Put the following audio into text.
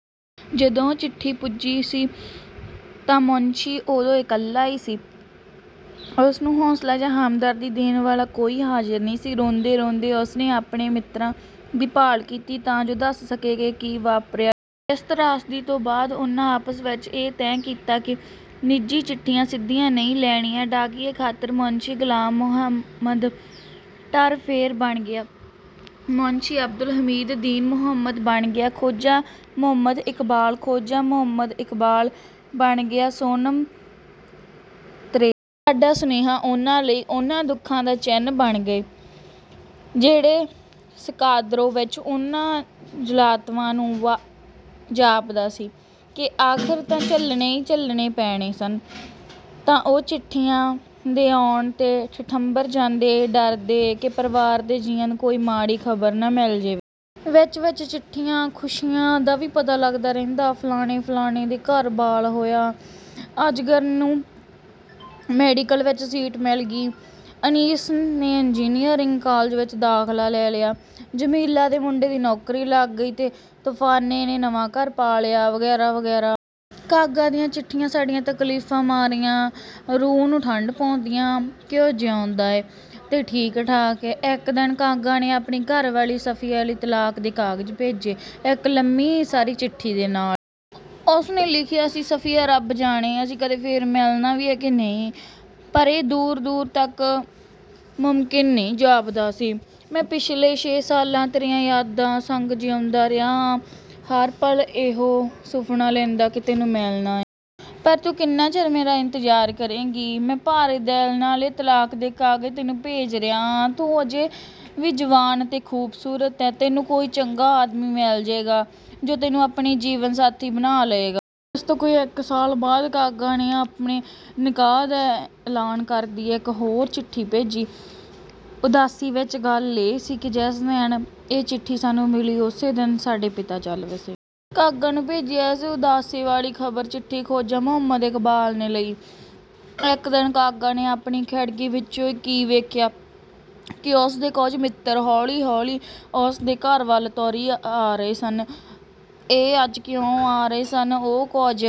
ਜਦੋਂ ਉਹ ਚਿੱਠੀ ਪੁੱਜੀ ਸੀ ਤਾਂ ਮੁਨਸ਼ੀ ਓਦੋਂ ਇਕੱਲਾ ਹੀ ਸੀ। ਉਸ ਨੂੰ ਹੌਸਲਾ ਜਾਂ ਹਮਦਰਦੀ ਦੇਣ ਵਾਲਾ ਕੋਈ ਹਾਜ਼ਿਰ ਨਹੀਂ ਸੀ। ਰੋਂਦੇ-ਰੋਂਦੇ ਉਸ ਨੇ ਆਪਣੇ ਮਿੱਤਰਾਂ ਦੀ ਭਾਲ ਕੀਤੀ ਤਾਂ ਜੋ ਦੱਸ ਸਕੇ ਕਿ ਕੀ ਵਾਪਰ ਗਿਆ ਸੀ। ਇਸ ਤ੍ਰਾਸਦੀ ਤੋਂ ਬਾਅਦ, ਉਨ੍ਹਾਂ ਆਪਸ ਵਿੱਚ ਇਹੋ ਤੈਅ ਕੀਤਾ ਕਿ ਨਿੱਜੀ ਚਿੱਠੀਆਂ ਸਿੱਧੀਆਂ ਨਹੀਂ ਲੈਣੀਆਂ। ਡਾਕੀਏ ਖਾਤਰ, ਮੁਨਸ਼ੀ ਗ਼ੁਲਾਮ ਮੋਹੰਮਦ ਟਕ ਫੇਰ ਬਣ ਗਿਆ ਮੁਨਸ਼ੀ ਅਬਦੁਲ ਹਮੀਦ, ਦੀਨ ਮੋਹੰਮਦ ਬਣ ਗਿਆ ਖੋਜਾ ਮੋਹੰਮਦ ਇਕਬਾਲ, ਖੋਜਾ ਮੋਹੰਮਦ ਇਕਬਾਲ ਬਣ ਗਿਆ ਸੋਨਮ ਤਸ਼ੇਰਿੰਗ। ਸਾਡੇ ਸੁਨੇਹੇ ਉਨ੍ਹਾਂ ਲਈ ਉਨ੍ਹਾਂ ਦੁੱਖਾਂ ਦਾ ਚਿੰਨ੍ਹ ਬਣ ਗਏ ਜਿਹੜੇ ਸਕਾਰਦੋ ਵਿੱਚ ਉਨ੍ਹਾਂ ਜਲਾਵਤਨਾਂ ਨੂੰ ਜਾਪਦਾ ਸੀ ਕਿ ਆਖ਼ਰ ਤਾਂ ਝੱਲਣੇ ਹੀ ਝੱਲਣੇ ਪੈਣੇ ਸਨ। ਤਾਂ ਉਹ ਚਿੱਠੀਆਂ ਦੇ ਆਉਣ 'ਤੇ ਠਠੰਬਰ ਜਾਂਦੇ, ਡਰਦੇ ਕਿ ਪਰਿਵਾਰ ਦੇ ਜੀਆਂ ਦੀ ਕੋਈ ਮਾੜੀ ਖ਼ਬਰ ਨਾ ਮਿਲ ਜਾਏ। ਵਿਚ-ਵਿਚ ਚਿੱਠੀਆਂ ਵਿੱਚ ਖੁਸ਼ੀਆਂ ਦਾ ਵੀ ਪਤਾ ਲੱਗਦਾ ਰਹਿੰਦਾ। ਫ਼ਲਾਣੇ-ਫ਼ਲਾਣੇ ਦੇ ਘਰ ਬਾਲ ਹੋਇਆ ਹੈ, ਅਜ਼ਗਰ ਨੂੰ ਮੈਡੀਕਲ ਵਿੱਚ ਸੀਟ ਮਿਲ ਗਈ ਹੈ, ਅਨੀਸ ਨੇ ਇੰਜਨੀਅਰਿੰਗ ਕਾਲਜ ਵਿੱਚ ਦਾਖ਼ਲਾ ਲੈ ਹੀ ਲਿਆ ਹੈ, ਜਮੀਲਾ ਦੇ ਮੁੰਡੇ ਦੀ ਨੌਕਰੀ ਲੱਗ ਗਈ ਹੈ, ਤੁਫ਼ੇਲ ਨੇ ਨਵਾਂ ਘਰ ਪਾ ਲਿਆ ਹੈ, ਵਗੈਰਾ-ਵਗੈਰਾ। ਕਾਗਾ ਦੀਆਂ ਚਿੱਠੀਆਂ ਸਾਡੀਆਂ ਤਕਲੀਫ਼-ਮਾਰੀਆਂ ਰੂਹਾਂ ਨੂੰ ਠੰਡ ਪਾਉਂਦੀਆਂ ਕਿ ਉਹ ਜਿਊਂਦਾ ਹੈ ਅਤੇ ਠੀਕ-ਠਾਕ ਹੈ। ਇੱਕ ਦਿਨ ਕਾਗਾ ਨੇ ਆਪਣੀ ਘਰਵਾਲੀ ਸਫ਼ੀਆ ਲਈ ਤਲਾਕ ਦੇ ਕਾਗ਼ਜ਼ ਭੇਜੇ, ਇੱਕ ਲੰਮੀ ਸਾਰੀ ਚਿੱਠੀ ਨਾਲ। ਉਸ ਨੇ ਲਿਖਿਆ ਸੀ, "ਸਫ਼ੀਆ, ਰੱਬ ਜਾਣੇ ਅਸੀਂ ਕਦੇ ਫੇਰ ਮਿਲਣਾ ਵੀ ਹੈ ਕਿ ਨਹੀਂ, ਪਰ ਇਹ ਦੂਰ-ਦੂਰ ਤੱਕ ਮੁਮਕਿਨ ਨਹੀਂ ਜਾਪਦਾ। ਮੈਂ ਪਿਛਲੇ ਛੇ ਸਾਲ ਤੇਰੀਆਂ ਯਾਦਾਂ ਸੰਗ ਜਿਊਂਦਾ ਰਿਹਾ ਹਾਂ, ਹਰ ਪਲ ਇਹੋ ਸੁਫ਼ਨਾ ਲੈਂਦਾ ਕਿ ਤੈਨੂੰ ਮਿਲਣਾ ਹੈ। ਪਰ ਤੂੰ ਕਿੰਨਾ ਚਿਰ ਮੇਰਾ ਇੰਤਜ਼ਾਰ ਕਰੇਂਗੀ? ਮੈਂ ਭਾਰੇ ਦਿਲ ਨਾਲ ਇਹ ਤਲਾਕ ਦੇ ਕਾਗ਼ਜ਼ ਤੈਨੂੰ ਭੇਜ ਰਿਹਾ ਹਾਂ। ਤੂੰ ਅਜੇ ਵੀ ਜਵਾਨ ਅਤੇ ਖ਼ੂਬਸੂਰਤ ਹੈਂ। ਤੈਨੂੰ ਕੋਈ ਚੰਗਾ ਆਦਮੀ ਮਿਲ ਜਾਏਗਾ ਜੋ ਤੈਨੂੰ ਆਪਣੀ ਜੀਵਨ ਸਾਥਣ ਬਣਾ ਲਏਗਾ।" ਇਸ ਤੋਂ ਕੋਈ ਇੱਕ ਸਾਲ ਬਾਅਦ, ਕਾਗਾ ਨੇ ਆਪਣੇ ਨਿਕਾਹ ਦਾ ਐਲਾਨ ਕਰਦੀ ਇੱਕ ਹੋਰ ਚਿੱਠੀ ਭੇਜੀ। ਉਦਾਸੀ ਵਾਲੀ ਗੱਲ ਇਹ ਸੀ ਕਿ ਜਿਸ ਦਿਨ ਇਹ ਚਿੱਠੀ ਸਾਨੂੰ ਮਿਲੀ, ਓਸੇ ਦਿਨ ਸਾਡੇ ਪਿਤਾ ਚੱਲ ਵਸੇ ਸਨ। ਕਾਗਾ ਨੂੰ ਭੇਜੀ ਇਸ ਉਦਾਸ ਖ਼ਬਰ ਵਾਲੀ ਚਿੱਠੀ ਖੋਜਾ ਮੋਹੰਮਦ ਇਕਬਾਲ ਨੇ ਲਈ। ਇੱਕ ਦਿਨ ਕਾਗਾ ਨੇ ਆਪਣੀ ਖਿੜਕੀ ਵਿੱਚੋਂ ਕੀ ਵੇਖਿਆ ਕਿ ਉਸਦੇ ਕੁਝ ਮਿੱਤਰ ਹੌਲੀ-ਹੌਲੀ ਉਸ ਦੇ ਘਰ ਵੱਲ ਤੁਰੀ ਆ ਰਹੇ ਸਨ। ਇਹ ਅੱਜ ਕਿਉਂ ਆ ਰਹੇ ਹਨ, ਉਹ ਕੁਝ...